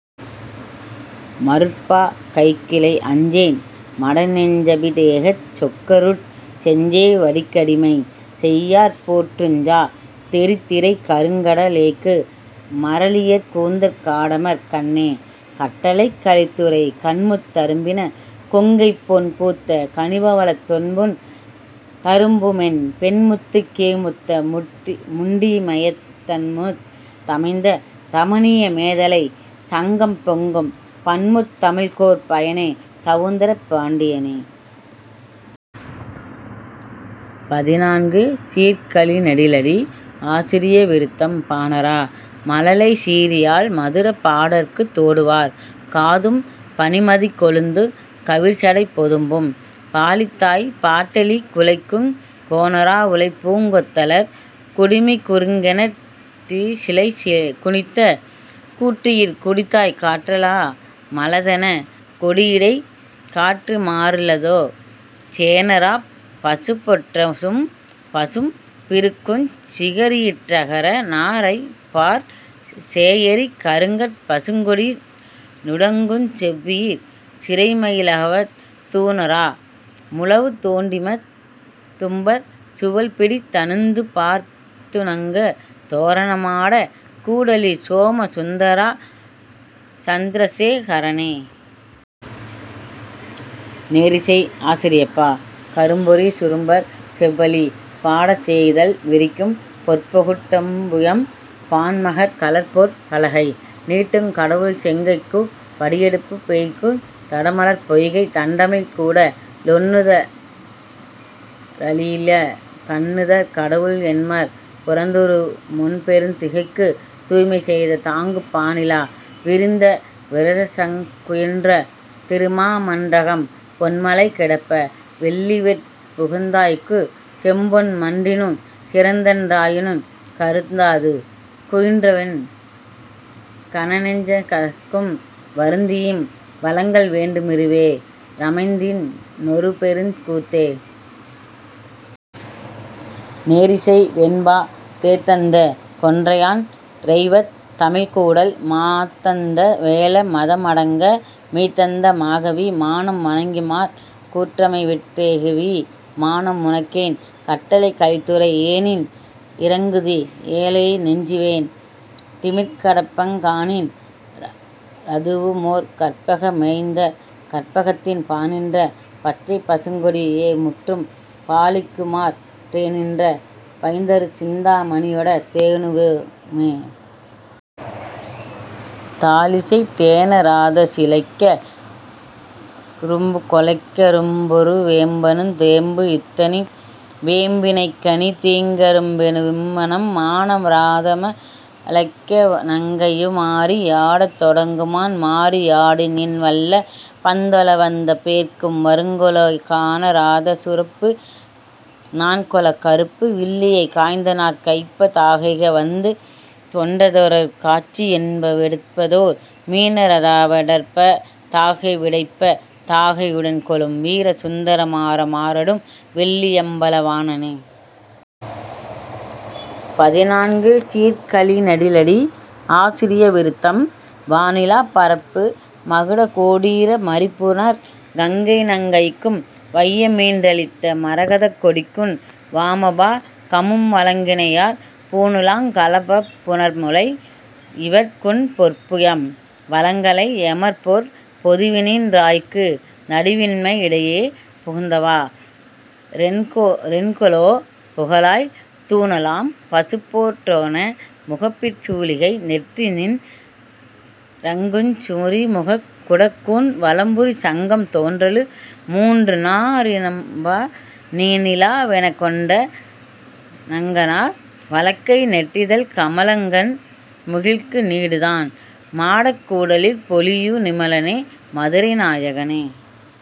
மருட்பா கைக்கிளை அஞ்சேன் மடநெஞ் சபிடேகச் சொக்கரருட் செஞ்சே வடிக்கடிமை செய்யார்போற் றுஞ்சா தெறிதிரைக் கருங்கட லேய்க்கு மறலியற் கூந்தற் காடமர்க் கண்ணே. கட்டளைக் கலித்துறை கண்முத் தரும்பின கொங்கைபொன் பூத்த கனிபவளத் தொண்முத் தரும்புமென் பெண்முத்துக் கேமுத்த முண்டிமயத் தண்முத் தமைந்த தமனிய மேதலைச் சங்கம்பொங்கும் பண்முத் தமிழ்க்கொர் பயனே சவுந்தர பாண்டியனே. பதினான்கு சீர்க் கழிநெடிலடி ஆசிரிய விருத்தம் பாணறா மழலைச் சீறியாழ் மதுரப் பாடற்குத் தோடுவார் காதும் பனிமதிக் கொழுந்துக் கவிர்சடைப் பொதும்பும் பாலித்தாய் பாட்டளி குழைக்குங் கோணறா வுளைப்பூங் கொத்தலர் குடுமிக் குறுங்கணெட் டிலைச்சிலை குனித்த கூற்றுயிர் குடித்தாய்க் காற்றலா மலதென் கொடியிடைக் காற்றுமா றுளதோ சேணறாப் பசும்பொற் றசும்பசும் பிருக்குஞ் சிகரியிற் றகரநா றைம்பாற் சேயரிக் கருங்கட் பசுங்கொடி நுடங்குஞ் செவ்வியிற் சிறைமயி லகவத் தூணறா முழவுத் தோண்மடித் தும்பர் சுவல்பிடித் தணந்துபார்த் துணங்குந் தோரண மாடக் கூடலிற் சோம சுந்தரா சந்த்ரசே கரனே. நேரிசை ஆசிரியப்பா கரும்பொறிச் சுரும்பர் செவ்வழி பாடச் சேயிதழ் விரிக்கும் பொற்பொகுட் டம்புயம் பாண்மகற் கலர்பொற் பலகை நீட்டுங் கடவுள்செங் கைக்குப் படியெடுப் பேய்க்குந் தடமலர்ப் பொய்கைத் தண்டமிழ்க் கூட லொண்ணுத றழீய கண்ணுதற் கடவுள் எண்மர் புறந்தரூஉ மொண்பெருந் திகைக்குத் தூய்மைசெய் தாங்குப் பானிலா விரிந்த விரசதங் குயுன்ற திருமா மன்றகம் பொன்மலை கிடப்ப வெள்ளிவெற் புகந்தாய்க்குச் செம்பொன் மன்றினுஞ் சிறந்தன் றாயுனுங் கருந்தாது குயின்றவென் கனனெஞ் சகத்தும் வருந்தியிம் வழங்கல் வேண்டு மிருவே றமைந்தநின் னொருபெருங் கூத்தே. நேரிசை வெண்பா தேத்தந்த கொன்றையான் றெய்வத் தமிழ்க்கூடல் மாத்தந்த வேழ மதமடங்க-மீத்தந்த மாகவி மானம் வணங்கினமாற் கூற்றெமைவிட் டேகவி மானமுனக் கேன். கட்டளைக் கலித்துறை ஏனின் றிரங்குதி யேழைநெஞ் சேவண் டிமிர்கடப்பங் கானின் றதுவுமொர் கற்பக மேயந்தக் கற்பகத்தின் பானின்ற பச்சைப்பசுங்கொடி யேமுற்றும் பாலிக்குமாற் றேனின்ற வைந்தருச் சிந்தா மணியொடத் தேனுவுமே. தாழிசை தேன றாதசி லைக்க ரும்புகொ லைக்க ரும்பொரு வேம்பெனுந் தேம்பு யத்தணி வேம்பி னைக்கனி தீங்க ரும்பெனு மிவ்வணம் மான றாதம ழைக்க ணங்கையு மாறி யாடத் தொடங்குமான் மாறி யாடுநின் வல்ல பந்தொழ வந்த பேர்க்கும்வ ருங்கொலோ கான றாதசு ருப்பு நாண்கொள கருப்பு வில்லியைக் காய்ந்தநாட் கைப்ப தாகைக வர்ந்து கொண்டதொர் காட்சி யென்னவெ டுப்பதோர் மீன றாதவ டற்ப தாகைவி டைப்ப தாகை யுடன்கொளும் வீரசுந்தர மாற மாறடும் வெள்ளி யம்பல வாணனே. பதினான்கு சீர்க் கழிநெடிலடி ஆசிரிய விருத்தம் வாணிலாப் பரப்பு மகுடகோ டீர மறிபுனற் கங்கைநங் கைக்கும் வையமீன் றளித்த மரகதக் கொடிக்குன் வாமபா கமும்வழங் கினையாற் பூணுலாங் களபப் புணர்முலை யிவட்குன் பொற்புயம் வழங்கலை யெமர்போற் பொதுவினின் றாய்க்கு நடுவின்மை யிடையே புகுந்தவா றென்கொலோ புகலாய் தூணுலாம் பசும்பொற் றோரண முகப்பிற் சூளிகை நெற்றிநின் றிறங்குஞ் சுரிமுகக் குடக்கூன் வலம்புரிச் சங்கம் தோன்றலு மூன்றுநா ணிரம்பா நீணிலா வெனக்கொண் டணங்கனார் வளைக்கை நெட்டிதழ்க் கமலங்கண் முகிழ்க்கு நீடுநான் மாடக் கூடலிற் பொலியு நிமலனே மதுரைநா யகனே.